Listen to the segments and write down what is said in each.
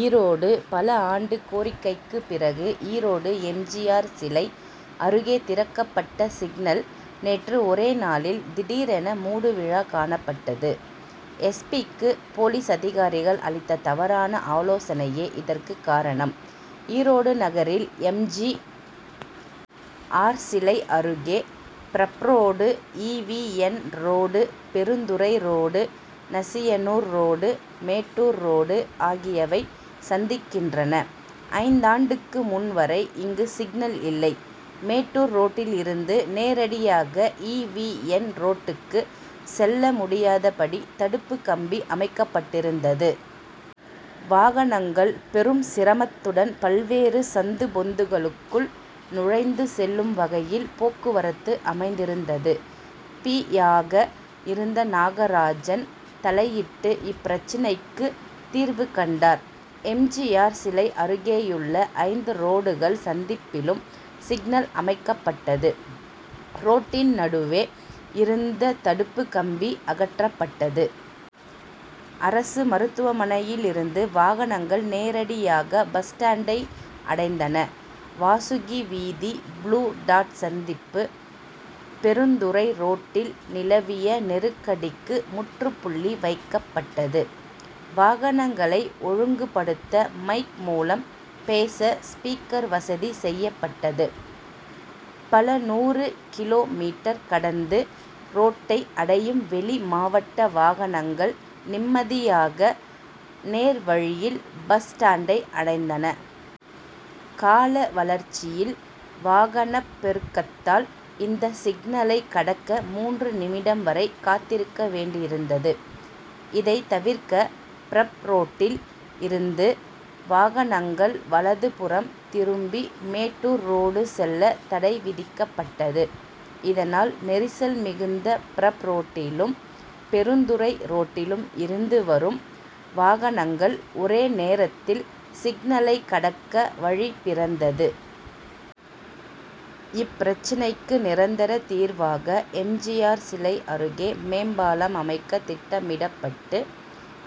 ஈரோடு பல ஆண்டு கோரிக்கைக்கு பிறகு ஈரோடு எம். ஜி. ஆர்., சிலை அருகே திறக்கப்பட்ட சிக்னல், நேற்று ஒரே நாளில் திடீரென மூடு விழா காணப்பட்டது. எஸ். பி.,க்கு போலீஸ் அதிகாரிகள் அளித்த தவறான ஆலோசனையே இதற்கு காரணம். ஈரோடு நகரில் எம். ஜி. ஆர்., சிலை அருகே Brough road, E. V. N. Road, Perundurai road, Nasiyanur road, Mettur road ஆகியவை சந்திக்கின்றன. ஐந்தாண்டுக்கு முன் வரை இங்கு சிக்னல் இல்லை. மேட்டூர் ரோட்டில் இருந்து நேரடியாக ஈ. வி. என். ரோட்டுக்கு செல்ல முடியாதபடி தடுப்பு கம்பி அமைக்கப்பட்டிருந்தது. வாகனங்கள் பெரும் சிரமத்துடன் பல்வேறு சந்து பொந்துகளுக்குள் நுழைந்து செல்லும் வகையில் போக்குவரத்து அமைந்திருந்தது. பி.,யாக இருந்த நாகராஜன் தலையிட்டு இப்பிரச்னைக்கு தீர்வு கண்டார். எம். ஜி. ஆர். சிலை அருகேயுள்ள ஐந்து ரோடுகள் சந்திப்பிலும் சிக்னல் அமைக்கப்பட்டது. ரோட்டின் நடுவே இருந்த தடுப்பு கம்பி அகற்றப்பட்டது. அரசு மருத்துவமனையில் இருந்து வாகனங்கள் நேரடியாக பஸ் ஸ்டாண்டை அடைந்தன. வாசுகி வீதி, புளூ டாட் சந்திப்பு, பெருந்துறை ரோட்டில் நிலவிய நெருக்கடிக்கு முற்றுப்புள்ளி வைக்கப்பட்டது. வாகனங்களை ஒழுங்குபடுத்த மைக் மூலம் பேச ஸ்பீக்கர் வசதி செய்யப்பட்டது. பல நூறு கி. மீ., கடந்து ஈரோட்டை அடையும் வெளி மாவட்ட வாகனங்கள் நிம்மதியாக நேர் வழியில் பஸ் ஸ்டாண்டை அடைந்தன. கால வளர்ச்சியில் வாகனப் பெருக்கத்தால் இந்த சிக்னலை கடக்க மூன்று நிமிடம் வரை காத்திருக்க வேண்டியிருந்தது. இதை தவிர்க்க பிரப் ரோட்டில் இருந்து வாகனங்கள் வலதுபுறம் திரும்பி மேட்டூர் ரோடு செல்ல தடை விதிக்கப்பட்டது. இதனால், நெரிசல் மிகுந்த பிரப் ரோட்டிலும், பெருந்துறை ரோட்டிலும் இருந்து வரும் வாகனங்கள் ஒரே நேரத்தில் சிக்னலை கடக்க வழி பிறந்தது. இப்பிரச்னைக்கு நிரந்தர தீர்வாக எம். ஜி. ஆர். சிலை அருகே மேம்பாலம் அமைக்க திட்டமிடப்பட்டு,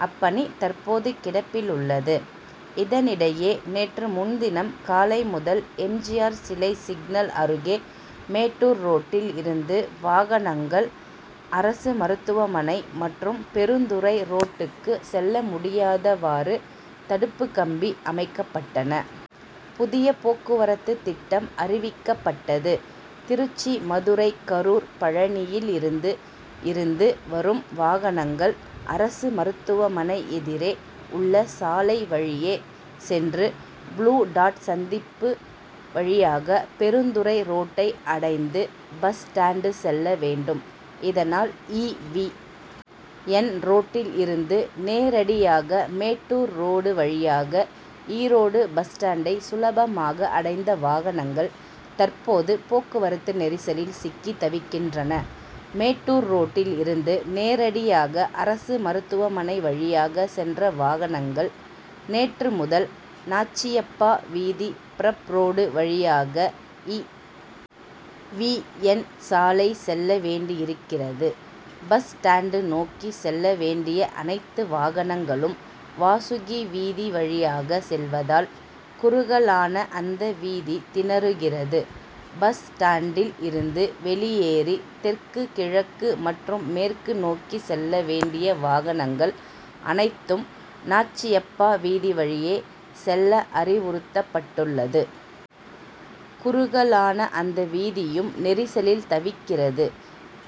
அப்பணி தற்போது கிடப்பில் உள்ளது. இதனிடையே, நேற்று முன்தினம் காலை முதல் எம். ஜி. ஆர்., சிலை சிக்னல் அருகே மேட்டூர் ரோட்டில் இருந்து வாகனங்கள் அரசு மருத்துவமனை மற்றும் பெருந்துறை ரோட்டுக்கு செல்ல முடியாதவாறு தடுப்பு கம்பி அமைக்கப்பட்டன. புதிய போக்குவரத்து திட்டம் அறிவிக்கப்பட்டது. திருச்சி, மதுரை கரூர், பழனியில் இருந்து இருந்து வரும் வாகனங்கள் அரசு மருத்துவமனை எதிரே உள்ள சாலை வழியே சென்று, புளூ டாட்' சந்திப்பு வழியாக பெருந்துறை ரோட்டை அடைந்து பஸ் ஸ்டாண்டு செல்ல வேண்டும். இதனால், ஈ. வி. என்., ரோட்டில் இருந்து நேரடியாக மேட்டூர் ரோடு வழியாக ஈரோடு பஸ் ஸ்டாண்டை சுலபமாக அடைந்த வாகனங்கள் தற்போது போக்குவரத்து நெரிசலில் சிக்கி தவிக்கின்றன. மேட்டூர் ரோட்டில் இருந்து நேரடியாக அரசு மருத்துவமனை வழியாக சென்ற வாகனங்கள், நேற்று முதல் நாச்சியப்பா வீதி, பிரப் ரோடு, வழியாக இ. வி. என்., சாலை செல்ல வேண்டியிருக்கிறது. பஸ் ஸ்டாண்டு நோக்கி செல்ல வேண்டிய அனைத்து வாகனங்களும் வாசுகி வீதி வழியாக செல்வதால், குறுகலான அந்த வீதி திணறுகிறது. பஸ் ஸ்டாண்டில் இருந்து வெளியேறி தெற்கு, கிழக்கு மற்றும் மேற்கு நோக்கி செல்ல வேண்டிய வாகனங்கள் அனைத்தும் நாச்சியப்பா வீதி வழியே செல்ல அறிவுறுத்தப்பட்டுள்ளது. குறுகலான அந்த வீதியும் நெரிசலில் தவிக்கிறது.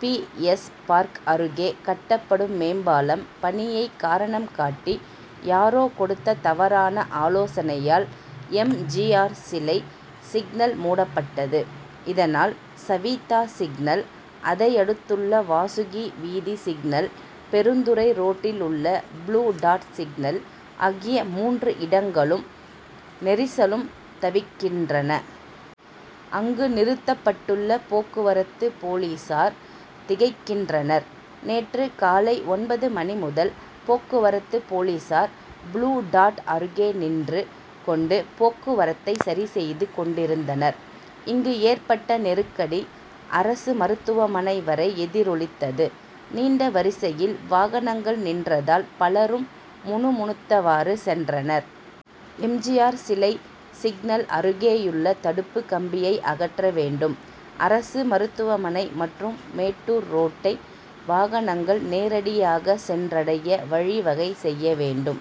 பி. எஸ். பார்க் அருகே கட்டப்படும் மேம்பாலம் பணியை காரணம் காட்டி, யாரோ கொடுத்த தவறான ஆலோசனையால் எம். ஜி. ஆர். சிலை சிக்னல் மூடப்பட்டது. இதனால், சவீதா சிக்னல், அதையடுத்துள்ள வாசுகி வீதி சிக்னல், பெருந்துறை ரோட்டில் உள்ள புளூ டாட்' சிக்னல் ஆகிய மூன்று இடங்களும் நெரிசலும் தவிக்கின்றன. அங்கு நிறுத்தப்பட்டுள்ள போக்குவரத்து போலீஸார் திகைக்கின்றனர். நேற்று காலை ஒன்பது மணி முதல் போக்குவரத்து போலீஸார், புளூ டாட்' அருகே நின்று கொண்டு போக்குவரத்தை சரி செய்து கொண்டிருந்தனர். இங்கு ஏற்பட்ட நெருக்கடி, அரசு மருத்துவமனை வரை எதிரொலித்தது. நீண்ட வரிசையில் வாகனங்கள் நின்றதால் பலரும் முணுமுணுத்தவாறு சென்றனர். எம். ஜி. ஆர்., சிலை சிக்னல் அருகேயுள்ள தடுப்பு கம்பியை அகற்ற வேண்டும். அரசு மருத்துவமனை மற்றும் மேட்டூர் ரோட்டை வாகனங்கள் நேரடியாக சென்றடைய வழி வகை செய்ய வேண்டும்.